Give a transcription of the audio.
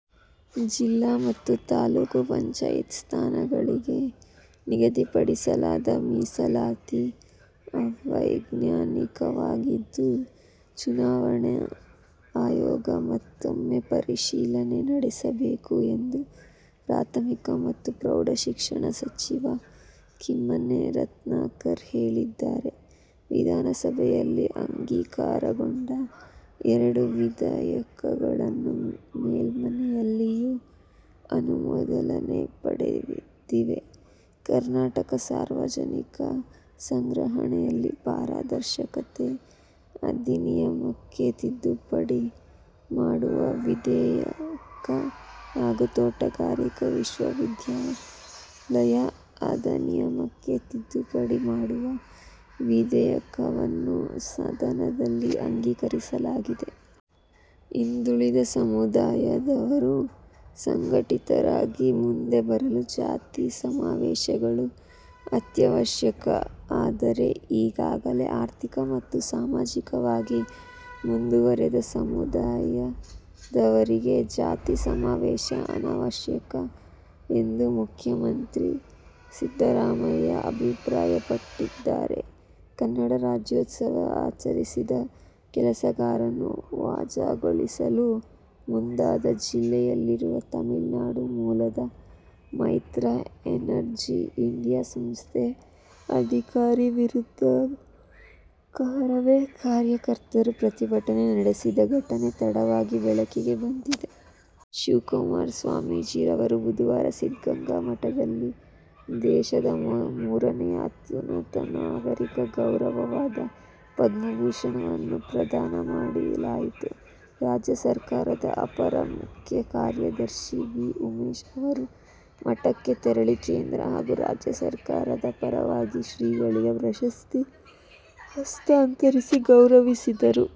ಜಿಲ್ಲಾ ಮತ್ತು ತಾಲೂಕು ಪಂಚಾಯತ್ ಸ್ಥಾನಗಳಿಗೆ ನಿಗದಿಪಡಿಸಲಾದ ಮೀಸಲಾತಿ ಅವೈಜ್ಞಾನಿಕವಾಗಿದ್ದು, ಚುನಾವಣಾ ಆಯೋಗ ಮತ್ತೂಮ್ಮೆ ಪರಿಶೀಲನೆ ನಡೆಸಬೇಕು ಎಂದು ಪ್ರಾಥಮಿಕ ಮತ್ತು ಪ್ರೌಢಶಿಕ್ಷಣ ಸಚಿವ ಕಿಮ್ಮನೆ ರತ್ನಾಕರ್ ಹೇಳಿದ್ದಾರೆ. ವಿಧಾನಸಭೆಯಲ್ಲಿ ಅಂಗೀಕಾರಗೊಂಡ ಎರಡು ವಿಧೇಯಕಗಳು ಮೇಲ್ಮನೆಯಲ್ಲಿಯೂ ಅನುಮೋದನೆ ಪಡೆದಿವೆ. ಕರ್ನಾಟಕ ಸಾರ್ವಜನಿಕ ಸಂಗ್ರಹಣೆಯಲ್ಲಿ ಪಾರದರ್ಶಕತೆ ಅಧಿನಿಯಮಕ್ಕೆ ತಿದ್ದುಪಡಿ ಮಾಡುವ ವಿಧೇಯಕ ಹಾಗೂ ತೋಟಗಾರಿಕೆ ವಿಶ್ವವಿದ್ಯಾಲಯ ಅಧಿನಿಯಮಕ್ಕೆ ತಿದ್ದುಪಡಿ ಮಾಡುವ ವಿಧೇಯಕವನ್ನು ಸದನದಲ್ಲಿ ಅಂಗೀಕರಿಸಲಾಗಿದೆ. "ಹಿಂದುಳಿದ ಸಮುದಾಯದವರು ಸಂಘಟಿತರಾಗಿ ಮುಂದೆ ಬರಲು ಜಾತಿಸಮಾವೇಶಗಳು ಅತ್ಯವಶ್ಯಕ. ಆದರೆ, ಈಗಾಗಲೇ ಆರ್ಥಿಕ ಮತ್ತು ಸಾಮಾಜಿಕವಾಗಿ ಮುಂದುವರಿದ ಸಮುದಾಯದವರಿಗೆ ಜಾತಿ ಸಮಾವೇಶ ಅನವಶ್ಯಕ' ಎಂದು ಮುಖ್ಯಮಂತ್ರಿ ಸಿದ್ದರಾಮಯ್ಯ ಅಭಿಪ್ರಾಯಪಟ್ಟಿದ್ದಾರೆ. ಕನ್ನಡ ರಾಜ್ಯೋತ್ಸವ ಆಚರಿಸಿದ ಕೆಲಸಗಾರರನ್ನು ವಜಾಗೊಳಿಸಲು ಮುಂದಾದ ಜಿಲ್ಲೆಯಲ್ಲಿರುವ ತಮಿಳುನಾಡು ಮೂಲದ ಮೈತ್ರಾ ಎನರ್ಜಿ ಇಂಡಿಯಾ ಸಂಸ್ಥೆಯ ಅಧಿಕಾರಿ ವಿರುದ್ಧ ಕರವೇ ಕಾರ್ಯಕರ್ತರು ಪ್ರತಿಭಟನೆ ನಡೆಸಿದ ಘಟನೆ ತಡವಾಗಿ ಬೆಳಕಿಗೆ ಬಂದಿದೆ. ಶಿವಕುಮಾರ ಸ್ವಾಮೀಜಿ ಅವರಿಗೆ ಬುಧವಾರ ಸಿದ್ಧಗಂಗಾ ಮಠದಲ್ಲಿ ದೇಶದ ಮೂರನೇ ಅತ್ಯುನ್ನತ ನಾಗರಿಕ ಗೌರವವಾದ ಪದ್ಮಭೂಷಣವನ್ನು ಪ್ರದಾನ ಮಾಡಲಾಯಿತು. ರಾಜ್ಯ ಸರ್ಕಾರದ ಅಪರ ಮುಖ್ಯ ಕಾರ್ಯದರ್ಶಿ ವಿ. ಉಮೇಶ್ ಅವರು ಮಠಕ್ಕೆ ತೆರಳಿ ಕೇಂದ್ರ ಹಾಗೂ ರಾಜ್ಯ ಸರ್ಕಾರದ ಪರವಾಗಿ ಶ್ರೀಗಳಿಗೆ ಪ್ರಶಸ್ತಿ ಹಸ್ತಾಂತರಿಸಿ ಗೌರವಿಸಿದರು.